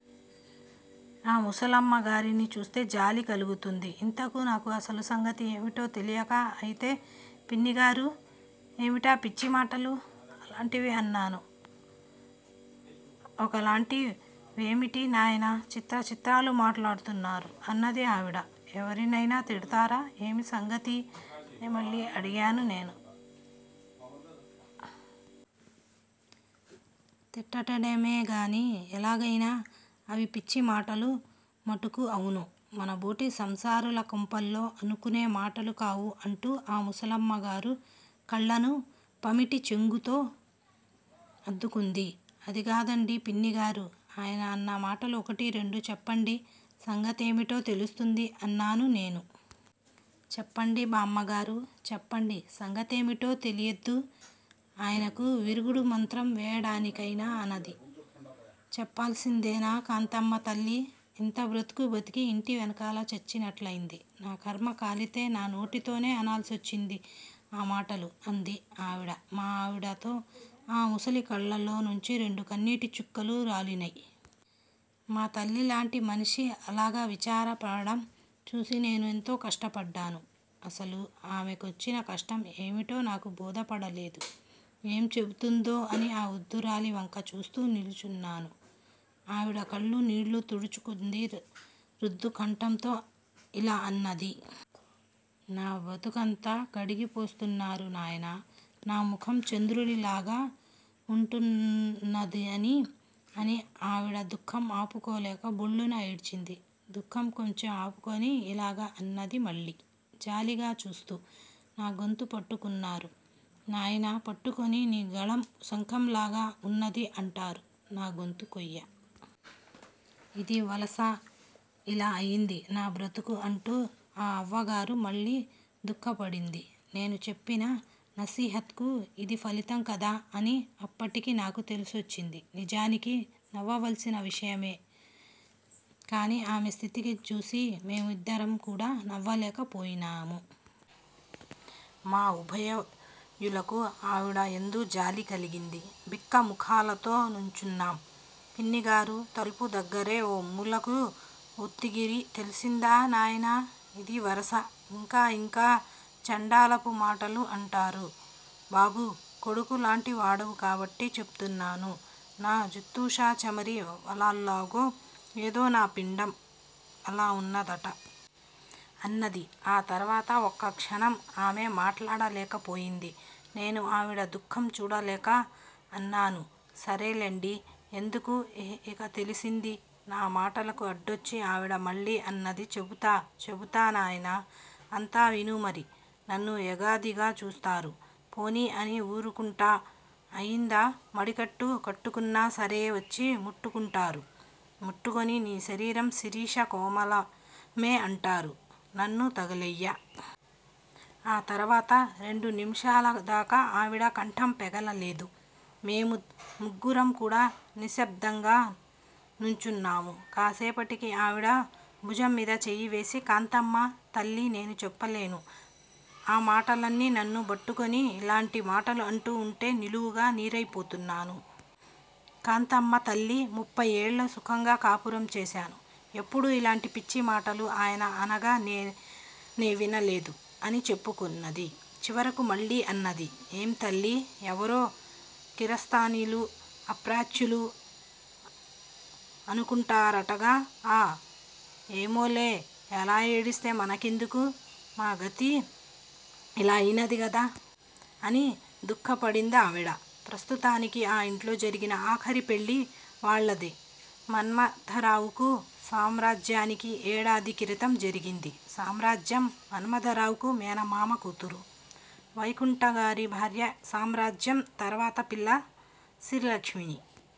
ఆ ముసలమ్మ గారిని చూస్తే జాలీ కలుగుతుంది. ఇంతకూ నాకు అసలు సంగతి ఏమిటో తెలియక అయితే పిన్నిగారూ, ఏమిటా పిచ్చి మాటలు, అంటివి? అన్నాను. ఒక లాంటి వేమిటి నాయనా, చిత్ర చిత్రాలుగా మాట్లాడుతున్నారు, అన్నది ఆవిడ. ఎవరినైనా తిడతారా, ఏమి సంగతి? అని మళ్ళీ అడిగా నేను. తిట్టటమే కానీ, ఎలాగైన అవి పిచ్చి మాటలు మటుకు అవును. మన బోటి సంసారుల కొంపల్లో అనుకునే మాటలు కావు అంటూ ఆ ముసలమ్మ గారు కళ్ళను పమిట చెంగుతో అద్దుకొంది. అది గాదండీ పిన్నిగారూ, ఆయన అన్న మాటలు ఒకటి రెండు చెప్పండి. సంగతేమిటో తెలుస్తుంది అన్నాను నేను. చెప్పండి బామ్మగారూ, చెప్పండి, సంగతేమిటో తెలియొద్దూ! ఆయనకు, విరుగుడు మంత్రం వేయటానికైనా అన్నది. చెప్పాలిసిందేనా కాంతమ్మ తల్లీ! ఇంత బతుకూ బతికి ఇంటి వెనకాల చచ్చినట్లైంది. నాకర్మ కాలితే నా నోటితోనే అనాలిసొచ్చింది ఆ మాటలు! అంది ఆవిడ మా ఆవిడతో, ఆ ముసలి కళ్ళలోనుంచి రెండు కన్నీటి చుక్కలు రాలినై. మా తల్లిలాంటి మనిషి అలాగ విచార పడడం చూసి నేనూ ఎంతో కష్టపడ్డాను. అసలు ఆమె కొచ్చిన కష్టం ఏమిటో నాకు బోధపడలేదు. ఏం చెపుతుందో అని ఆ వృద్దురాలి వంక చూస్తూ నిలుచున్నాను. ఆవిడా కళ్ళ నీళ్ళు తుడుచుకొంది రుద్ధ కంఠంతో ఇలా అన్నది. నా బతుకంతా కడిగి పోస్తున్నారు నాయనా నా ముఖం చంద్రుడి లాగ ఉంటున్నదని, అని ఆవిడ దుఃఖం ఆపుకోలేక భొళ్ళున ఏడ్చింది. దుఃఖం కొంచెం ఆపుకొని ఇలాగ అన్నది మళ్ళీ, జాలిగా చూస్తూ, నాగొంతు పట్టుకున్నారు నాయినా పట్టుకునీ నీ గళం శంఖం లాగ ఉన్నదీ అంటారు, నా గొంతు కొయ్య! ఇదీ వలస ఇలా అయింది నా బ్రతుకు అంటూ ఆ అవ్వగారు మళ్ళీ దుఃఖ పడింది నేను చెప్పిన నసీహత్ కు యిది ఫలితం కదా అని అప్పటికి నాకు తెలిసొచ్చింది. నిజానికి నవ్వవలసిన విషయమే. కాని ఆమె స్థితికి జూచి మేము యిద్దరం కూడా నవ్వలేక పోయినాము. మా ఉభయులకూ ఆవిడ యందు జాలి కలిగింది. బిక్క ముఖాలతో నుంచున్నాం. పిన్నిగారు తలుపు దగ్గరే ఓ మూలకు ఒత్తిగిలి తెలిసిందా నాయినా, ఇదీ వరస, ఇంకా, ఇంకా చండాలపు మాటలు అంటారు బాబూ! కొడుకు లాంటి వాడవు కాబట్టి చెపుతున్నాను. నా జుత్తుషా చమరీ వాలాల్లాగో, ఏదో నా పిండం, అలా ఉన్న దట! అన్నది. ఆ తరువాత ఒక క్షణం ఆమె మాట్లాడలేక పోయింది. నేను ఆవిడ దుఃఖం చూడలేక అన్నానూ, సరేలెండి ఎందుకూ ఇహ తెలిసింది. నా మాటలకు అడ్డొచ్చి ఆవిడ మళ్ళీ అన్నదీ. చెపుతా, చెపుతా నాయినా, అంతా విను మరీ, నన్ను ఎగాదిగా చూస్తారు. పోనీ అని ఊరుకుంటా, అయిందా, మడికట్టు కట్టుకున్నా సరే వచ్చి ముట్టుకుంటారు, ముట్టుకుని నీ శరీరం శిరీష కోమలమే అంటారు, నన్ను తగలెయ్య! ఆ తరువాత రెండు నిమిషాల దాకా ఆవిడ కంఠం పెగలలేదు, మేము ముగ్గురం కూడా నిశ్శబ్దంగా నుంచున్నాము. కాసేపటికి ఆవిడ బుజం మీద చెయ్యి వేసి కాంతమ్మ తల్లీ నేను చెప్పలేను ఆ మాటలన్నీ నన్ను బట్టుకుని ఇల్లాంటి మాటలు అంటూ ఉంటే నిలువుగా నీరై పోతున్నాను. కాంతమ్మ తల్లీ, ముప్పై ఏళ్ళు సుఖంగా కాపరం చేశాను. ఎప్పుడూ ఇలాంటి పిచ్చి మాటలు ఆయన అనగా నేవినలేదు అని చెప్పుకొన్నది. చివరకు మళ్ళీ అన్నది, ఏం తల్లీ, ఎవరో కిరస్తానీలూ అప్రాచ్యులూ అనుకుంటారటగా అ! ఏమోలే ఎలా ఏడిస్తే మన కెందుకు? మా గతి ఇలా అయినది గదా? అని దుఃఖ పడ్డది ఆవిడ. ప్రస్తుతానికి ఆ ఇంట్లో జరిగిన ఆఖరి పెళ్ళి వాళ్ళదే మన్మథరావుకూ, సామ్రాజ్యానికి ఏడాది క్రితం జరిగింది. సామ్రాజ్యం మన్మథరావుకు మేనమామ కూతురు. వైకుంఠంగారి భార్య సామ్రాజ్యం తర్వాత పిల్ల శ్రీలక్ష్మిని